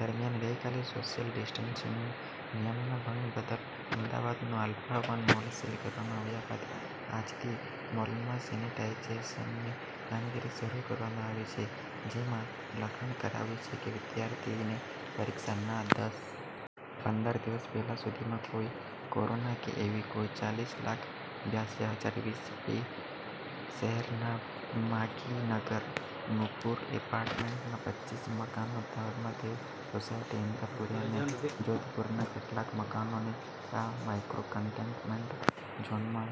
દરમિયાન ગઇકાલે social ડિસ્ટનસિંગના નિયમના ભંગ બદલ અમદાવાદનો આલ્ફા વન મોલ સીલ કરવામાં આવ્યા બાદ આજથી મોલમાં સેનીટાઈજેશનની કામગીરી શરૂ કરવામાં આવી છે જેમાં લખાણ કરાવાયુ છે કે વિદ્યાર્થીને પરીક્ષા ના દસ પંદર દિવસ પહેલા સુધીમાં કોઈ કોરોના કે એવી કોઇ ચાલીસ લાખ બ્યાસી હજાર વીસ બે શહેરના માગીનગર નૂપુર એપાર્ટમેન્ટના પચ્ચીસ મકાનો ધર્મદેવ સોસાયટી ઇન્દ્રપુરી અને જોધપુરના કેટલાક મકાનો ને આ માઇક્રો કન્ટેનમેન્ટ ઝોનમાં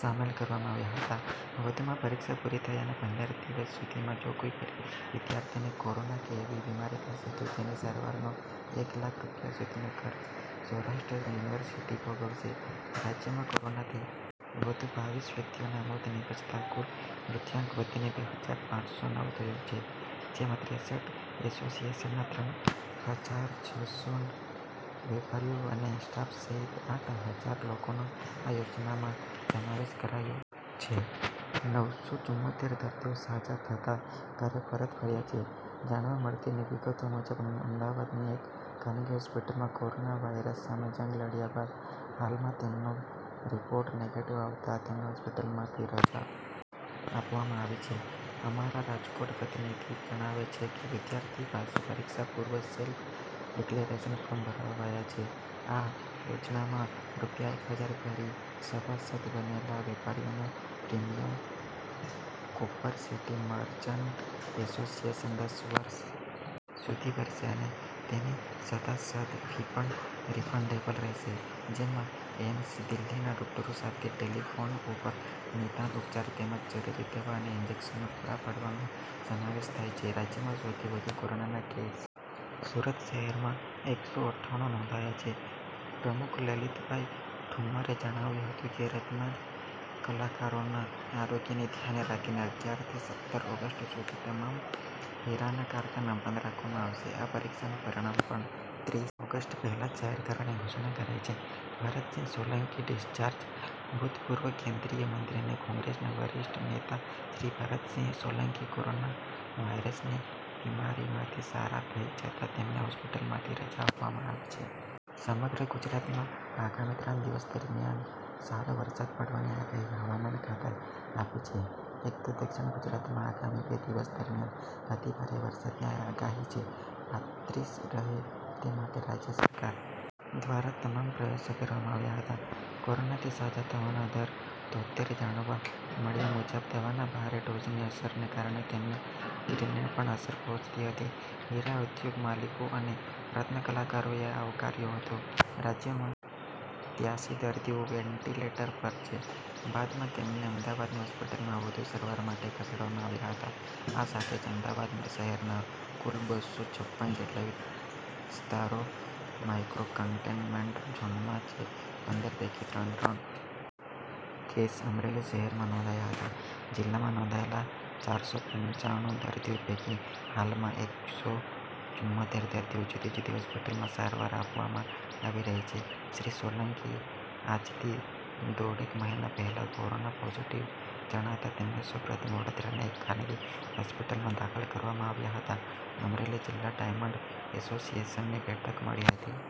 સામેલ કરવામાં આવ્યા હતા વધુમાં પરીક્ષા પૂરી થયાના પંદર દિવસ સુધીમાં જો કોઈ વિદ્યાર્થીને કોરોના કે એવી બીમારી થશે તો તેની સારવાર નો એક લાખ રૂપિયા સુધીનો ખર્ચ સૌરાષ્ટ્ર યુનિવર્સિટી ભોગવશે રાજ્યમાં કોરોનાથી વધુ બાવીસ વ્યક્તિઓના મોત નિપજતા કુલ મૃત્યુઆંક વધીને બે હજાર પાંચ સો નવ થયો છે જેમાં ત્રેસઠ એસોસીએશનના ત્રણ હજાર છ સો વેપારીઓ અને સ્ટાફ સહિત આઠ હજાર લોકોનો આ યોજનામાં સમાવેશ કરાયો છે નવ સો ચુમોતેર દર્દીઓ સાજા થતાં ઘરે પરત ફર્યા છે જાણવા મળતી વિગતો મુજબ અમદાવાદની એક ખાનગી હોસ્પિટલમાં કોરોના વાયરસ સામે જંગ લડ્યા બાદ હાલમાં તેમનો રિપોર્ટ નેગેટિવ આવતા તેમને હોસ્પિટલમાંથી રજા આપવામાં આવી છે અમારા રાજકોટના પ્રતિનિધિ જણાવે છે કે વિદ્યાર્થી પાસે પરીક્ષા પૂર્વે સેલ્ફ ડિક્લેરેશન ફોર્મ ભરાવાયા છે આ યોજનામાં રૂપિયા એક હજાર ભરી સભાસદ બનેલા વેપારીઓનું પ્રિમીયમ કોપરસીટી મર્ચન્ટ એસોસીએશન દસ વર્ષ સુધી ભરશે અને તેની સભાસદ ફી પણ રીફંડેબલ રહેશે જેમાં એઇમ્સ દિલ્હીના ડોક્ટરો સાથે ટેલિફોન ઉપર નિદાન ઉપચાર તેમજ જરૂરી દવા અને ઇજેક્શનો પુરા પાડવાનો સમાવેશ થાય છે રાજ્યમાં સૌથી વધુ કોરોનાના કેસ સુરત શહેરમાં એક સો અઠ્ઠાણું નોંધાયા છે પ્રમુખ લલીતભાઈ ઠુંમરે જણાવ્યું હતું કે રત્નકલાકારોના આરોગ્યની ધ્યાને રાખીને અગિયાર થી સત્તર ઓગસ્ટ સુધી તમામ હિરાના કારખાના બંધ રાખવામાં આવશે આ પરીક્ષાનું પરિણામ પણ ત્રીસ ઓગસ્ટ પહેલાં જ જાહેર કરવાની ઘોષણા કરાઇ છે ભરતસિંહ સોલંકી ડિસ્ચાર્જ ભૂતપૂર્વ કેન્દ્રીય મંત્રી અને કોંગ્રેસના વરિષ્ઠ નેતા શ્રી ભરતસિંહ સોલંકી કોરોના વાયરસની બીમારીમાંથી સારા થઇ જતા તેમને હોસ્પિટલમાંથી રજા આપવામાં આવી છે સમગ્ર ગુજરાતમાં આગામી ત્રણ દિવસ દરમ્યાન સારો વરસાદ પડવાની આગાહી હવામાન ખાતાએ આપી છે એક તો દક્ષિણ ગુજરાતમાં આગામી બે દિવસ દરમ્યાન અતિ ભારે વરસાદની આગાહી છે પાંત્રીસ રહે તે માટે રાજ્ય સરકાર દ્વારા તમામ પ્રયાસો કરવામાં આવ્યા હતા કોરોનાથી સાજા થવાનો દર તોતેર જાણવા મળ્યા મુજબ દવાના ભારે ડોઝની અસરને કારણે તેમની કિડનીને પણ અસર પહોંચી હતી હિરા ઉદ્યોગ માલિકો અને રત્નકલાકારોએ આવકાર્યો હતો રાજ્યમાં ત્યાસી દર્દીઓ વેન્ટીલેટર પર છે બાદમાં તેમને અમદાવાદની હોસ્પિટલમાં વધુ સારવાર માટે ખસેડવામાં આવ્યા હતા આ સાથે જ અમદાવાદ શહેરના કુલ બસ્સો છપ્પન જેટલા વિસ્તારો માઇક્રો કન્ટેનમેન્ટ ઝોનમાં છે પંદર પૈકી ત્રણ ત્રણ કેસ અમરેલી શહેરમાં નોંધાયા હતા જિલ્લામાં નોંધાયેલા ચાર સો પંચાણું દર્દી પૈકી હાલમાં એક સો ચુમોતેર દર્દીને જુદી જુદી હોસ્પિટલમાં સારવાર આપવામાં આવી રહી છે શ્રી સોલંકી આજથી દોઢેક મહિના પહેલા કોરોના પોઝિટિવ જણાતાં તેમને સૌ પ્રથમ વડોદરાની એક ખાનગી હોસ્પિટલમાં દાખલ કરવામાં આવ્યા હતા અમરેલી જિલ્લા ડાયમન્ડ એસોસિએશનની બેઠક મળી હતી।